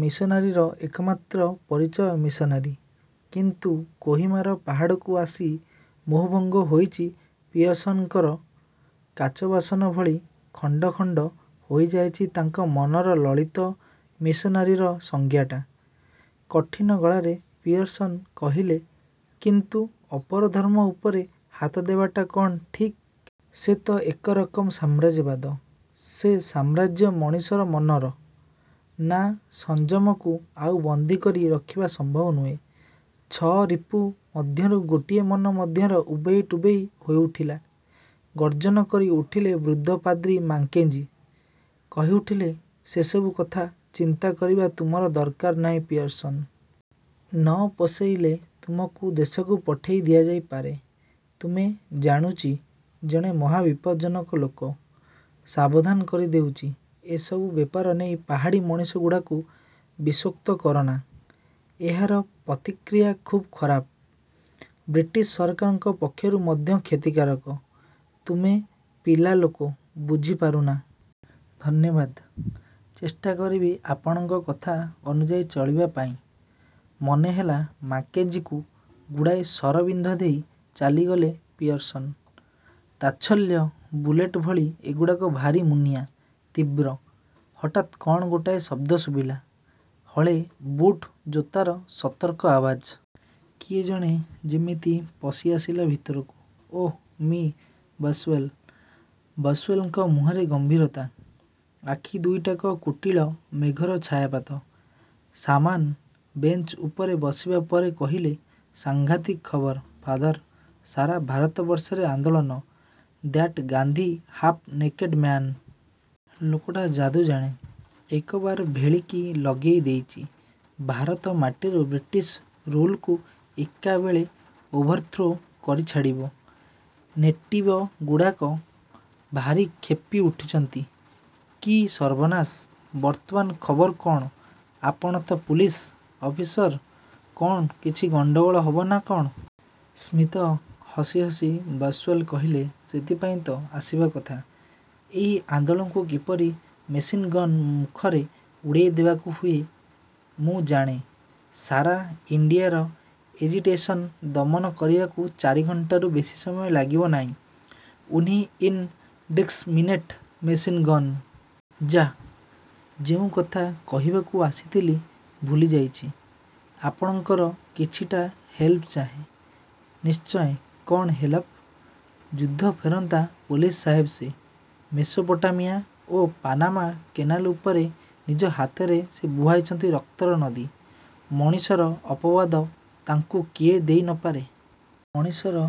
ମିଶନାରୀର ଏକମାତ୍ର ପରିଚୟ ମିଶନାରୀ। କିନ୍ତୁ କୋହିମାର ପାହାଡ଼କୁ ଆସି ମୋହଭଙ୍ଗ ହୋଇଚି ପିୟର୍ସନଙ୍କର। କାଚବାସନ ଭଳି ଭାଙ୍ଗି ଖଣ୍ଡ ଖଣ୍ଡ ହୋଇଯାଇଚି ତାଙ୍କ ମନର ଲଳିତ ମିଶନାରୀର ସଂଜ୍ଞାଟା। କଠିନ ଗଳାରେ ପିୟର୍ସନ କହିଲେ–କିନ୍ତୁ ଅପର ଧର୍ମ ଉପରେ ହାତ ଦେବାଟା କ'ଣ ଠିକ୍? ସେ ତ ଏକରକମ ସାମ୍ରାଜ୍ୟବାଦ। ସେ ସାମ୍ରାଜ୍ୟ ମଣିଷର ମନରେ। ନାଁ'–ସଂଯମକୁ ଆଉ ବନ୍ଦୀ କରି ରଖିବା ସମ୍ଭବ ନୁହେଁ। ଛଅ ରିପୁ ମଧ୍ୟରୁ ଗୋଟିଏ ମନ ମଧ୍ୟରେ ଉବେଇ ଟୁବେଇ ହୋଇଉଠିଲା। ଗର୍ଜନ କରି ଉଠିଲେ ବୃଦ୍ଧ ପାଦ୍ରୀ ମାକେଞ୍ଜି। କହିଉଠିଲେ–ସେସବୁ କଥା ଚିନ୍ତା କରିବା ତୁମର ଦରକାର ନାହିଁ ପିୟର୍ସନ! ନ ପୋଷଇଲେ ତମକୁ ଦେଶକୁ ପଠେଇ ଦିଆଯାଇପାରେ। ତୁମେ, ଜାଣୁଚି ଜଣେ ମହାବିପଜ୍ଜନକ ଲୋକ। ସାବଧାନ କରି ଦେଉଚି, ଏସବୁ ବ୍ୟାପାର ନେଇ ପାହାଡ଼ୀ ମଣିଷଗୁଡ଼ାକୁ ବିଷୋକ୍ତ କରନା। ଏହାର ପ୍ରତିକ୍ରିୟା ଖୁବ୍ ଖରାପ। ବ୍ରିଟିଶ ସରକାରଙ୍କ ପକ୍ଷରୁ ମଧ୍ୟ କ୍ଷତିକାରକ। ତୁମେ ପିଲାଲୋକ, ବୁଝିପାରୁନା। –ଧନ୍ୟବାଦ। ଚେଷ୍ଟା କରିବି ଆପଣଙ୍କ କଥା ଅନୁଯାୟୀ ଚଳିବା ପାଇଁ। ମନେ ହେଲା ମାକେଞ୍ଜିକୁ ଗୁଡ଼ାଏ ଶର ବିନ୍ଧି ଦେଇ ଚାଲିଗଲେ ପିୟର୍ସନ। ତାତ୍ସଲ୍ୟ–ବୁଲେଟ ଭଳି ଏଗୁଡ଼ାକ ଭାରି ମୁନିଆ, ତୀବ୍ର। ହଠାତ୍ କ'ଣ ଗୋଟାଏ ଶବ୍ଦ ଶୁଭିଲା। ହଳେ ବୁଟ୍ ଜୋତାର ସତର୍କ ଆବାଜ। କିଏ ଜଣେ ଯେମିତି ପଶି ଆସିଲା ଭିତରକୁ। ଓଃ ମିଃ ବସ୍ଓ୍ୱେଲ। ବସଓ୍ୱେଲଙ୍କ ମୁହଁରେ ଗମ୍ଭୀରତା। ଆଖି ଦୁଇଟାରେ କୁଟୀଳ ମେଘର ଛାୟାପାତ। ସାମନା ବେଞ୍ଚ ଉପରେ ବସିବା ପରେ କହିଲେ–ସାଘାଂତିକ ଖବର ଫାଦର! ସାରା ଭାରତବର୍ଷରେ ଆନ୍ଦୋଳନ। That Gandhi. Half naked man. ଲୋକଟା ଯାଦୁ ଜାଣେ। ଏକବାରେ ଭେଳିକି ଲଗେଇ ଦେଇଚି। ଭାରତ ମାଟିରୁ ବ୍ରିଟିଶ ରୁଲକୁ ଏକାବେଳକେ ଓଭରଥ୍ରୋ କରି ଛାଡ଼ିବ। ନେଟିବଗୁଡ଼ାକ ଭାରି କ୍ଷେପି ଉଠିଚନ୍ତି। –କି ସର୍ବନାଶ! ବର୍ତ୍ତମାନ ଖବର କ'ଣ? ଆପଣ ତ ପୁଲିସ ଅଫିସର। କ'ଣ କିଛି ଗଣ୍ଡଗୋଳ ହବ ନା କ'ଣ? ସ୍ମିତ ହସ ହସି ବସଓ୍ୱେଲ କହିଲେ–ସେଇଥିପାଇଁ ତ ଆସିବା କଥା। ଏ ଆନ୍ଦୋଳନକୁ କିପରି ମେସିନ୍ ଗନ୍ ମୁଖରେ ଉଡ଼େଇ ଦେବାକୁ ହୁଏ। ମୁଁ ଜାଣେ, ସାରା ଇଣ୍ଡିୟାର ଏଜିଟେସନ୍ ଦମନ କରିବାକୁ ଚାରି ଘଣ୍ଟାରୁ ବେଶି ସମୟ ଲାଗିବ ନାହିଁ। Only indiscriminate machine gunning. ଯାଃ, ଯେଉଁ କଥା କହିବାକୁ ଆସିଥିଲି, ଭୁଲିଯାଇଚି। ଆପଣଙ୍କର କିଛିଟା ହେଲ୍ପ ଚାହେଁ। –ନିଶ୍ଚୟ, କ'ଣ ହେଲପ? ଯୁଦ୍ଧଫେରନ୍ତା ପୋଲିସ ସାହେବ ସେ। ମେସୋପାଟାମିଆ ଓ ପାନାମା କେନାଲ ଉପରେ ନିଜ ହାତରେ ସେ ବୁହାଇଛନ୍ତି ରକ୍ତର ନଦୀ। ମଣିଷର ଅପବାଦ ତାଙ୍କୁ କିଏ ଦେଇ ନ ପାରେ। ମଣିଷର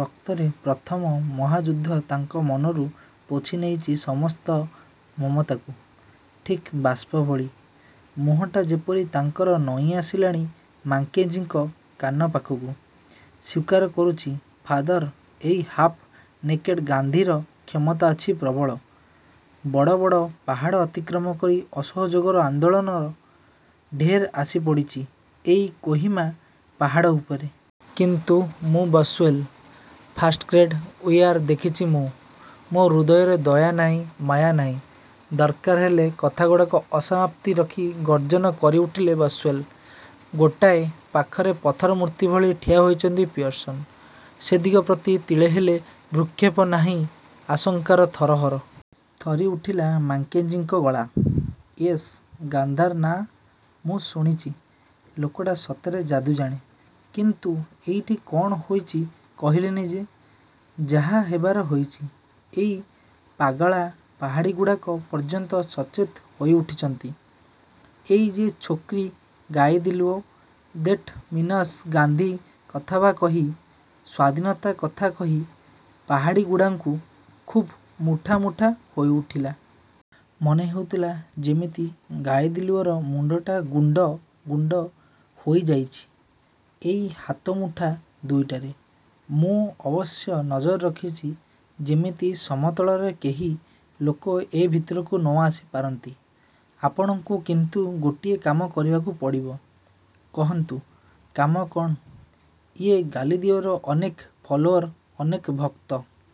ରକ୍ତରେ ପ୍ରଥମ ମହାଯୁଦ୍ଧ ତାଙ୍କ ମନରୁ ପୋଛିନେଇଛି ସମସ୍ତ ମମତାକୁ। ଠିକ୍ ବାଷ୍ପ ଭଳି। ମୁହଁଟା ଯେପରି ତାଙ୍କର ନଇଁଆସିଲା ମାକେଞ୍ଜିଙ୍କ କାନ ପାଖକୁ। ସ୍ୱୀକାର କରୁଛି ଫାଦର ଏଇ ହାଫ ନେକେଡ଼ ଗାନ୍ଧୀର କ୍ଷମତା ଅଛି ପ୍ରବଳ। ବଡ଼ ବଡ଼ ପାହାଡ଼ ଅତିକ୍ରମ କରି ଅସହଯୋଗର ଆନ୍ଦୋଳନ–ଢେଉ ଆସିପଡ଼ିଛି ଏଇ କୋହିମା ପାହାଡ଼ ଉପରେ। କିନ୍ତୁ ମୁଁ ବସଓ୍ୱେଲ! ଫାଷ୍ଟଗ୍ରେଡ଼ ଉୟାର ଦେଖିଛି ମୁଁ। ମୋ ହୃଦୟରେ ଦୟାନାହିଁ, ମାୟା ନାହିଁ। ଦରକାର ହେଲେ କଥାଗୁଡ଼ାକୁ ଅସମାପ୍ତି ରଖି ଗର୍ଜନ କରିଉଠିଲେ ବସଓ୍ୱେୟଲ। ଗୋଟାଏ ପାଖରେ ପଥରମୂର୍ତ୍ତି ଭଳି ଠିଆ ହୋଇରହିଛନ୍ତି ପିୟର୍ସନ। ସେଦିଗ ପ୍ରତି ତିଳେହେଲେ ଭ୍ରୁକ୍ଷେପ ନାହିଁ। ଆଶଙ୍କାରେ ଥର ଥର। ଥରି ଉଠିଲା ମାକେଞ୍ଜିଙ୍କ ଗଳା। –ଇୟେସ୍, ଗାନ୍ଧାର ନାଁ ମୁଁ ଶୁଣିଛି, ଲୋକଟା ସତରେ ଯାଦୁଜାଣେ, କିନ୍ତୁ ଏଇଠି କଣ ହୋଇଛି କହିଲେନି ଯେ– –ଯାହା ହେବାର ହୋଇଛି, ଏଇ ପାଗଳା ପାହାଡ଼ୀଗୁଡ଼ାକ ପର୍ଯ୍ୟନ୍ତ ସଚେତ ହୋଇଉଠିଛନ୍ତି। ଏଇ ଯେ ଛୋକରୀ ଗାଇଦିଲିଓ, ଦେଟ ମିନସ ଗାନ୍ଧୀ କଥାବା କହି, ସ୍ୱାଧୀନତା କଥା କହି ପାହାଡ଼ୀଗୁଡ଼ାଙ୍କୁ ଖୁବ୍ ମୁଠା ମୁଠା ହୋଇଉଠିଲା। ମନେ ହେଉଥିଲା ଯେମିତି ଗାଇଦିଲିଓର ମୁଣ୍ଡଟା ଗୁଣ୍ଡ ଗୁଣ୍ଡ ହୋଇଯାଉଛି ଏଇ ହାତମୁଠା ଦୁଇଟାରେ। ମୁଁ ଅବଶ୍ୟ ନଜର ରଖିଛି ଯେମିତି ସମତଳର କେହି ଲୋକ ଏ ଭିତରକୁ ଆସି ନ ପାରନ୍ତି। ଆପଣଙ୍କୁ କିନ୍ତୁ ଗୋଟିଏ କାମ କରିବାକୁ ପଡ଼ିବ। –କହନ୍ତୁ କାମ କଣ? –ଏଇ। ଗାଇଦିଲିଓର ଅନେକ ଫଲୋୟର, ଅନେକ ଭକ୍ତ।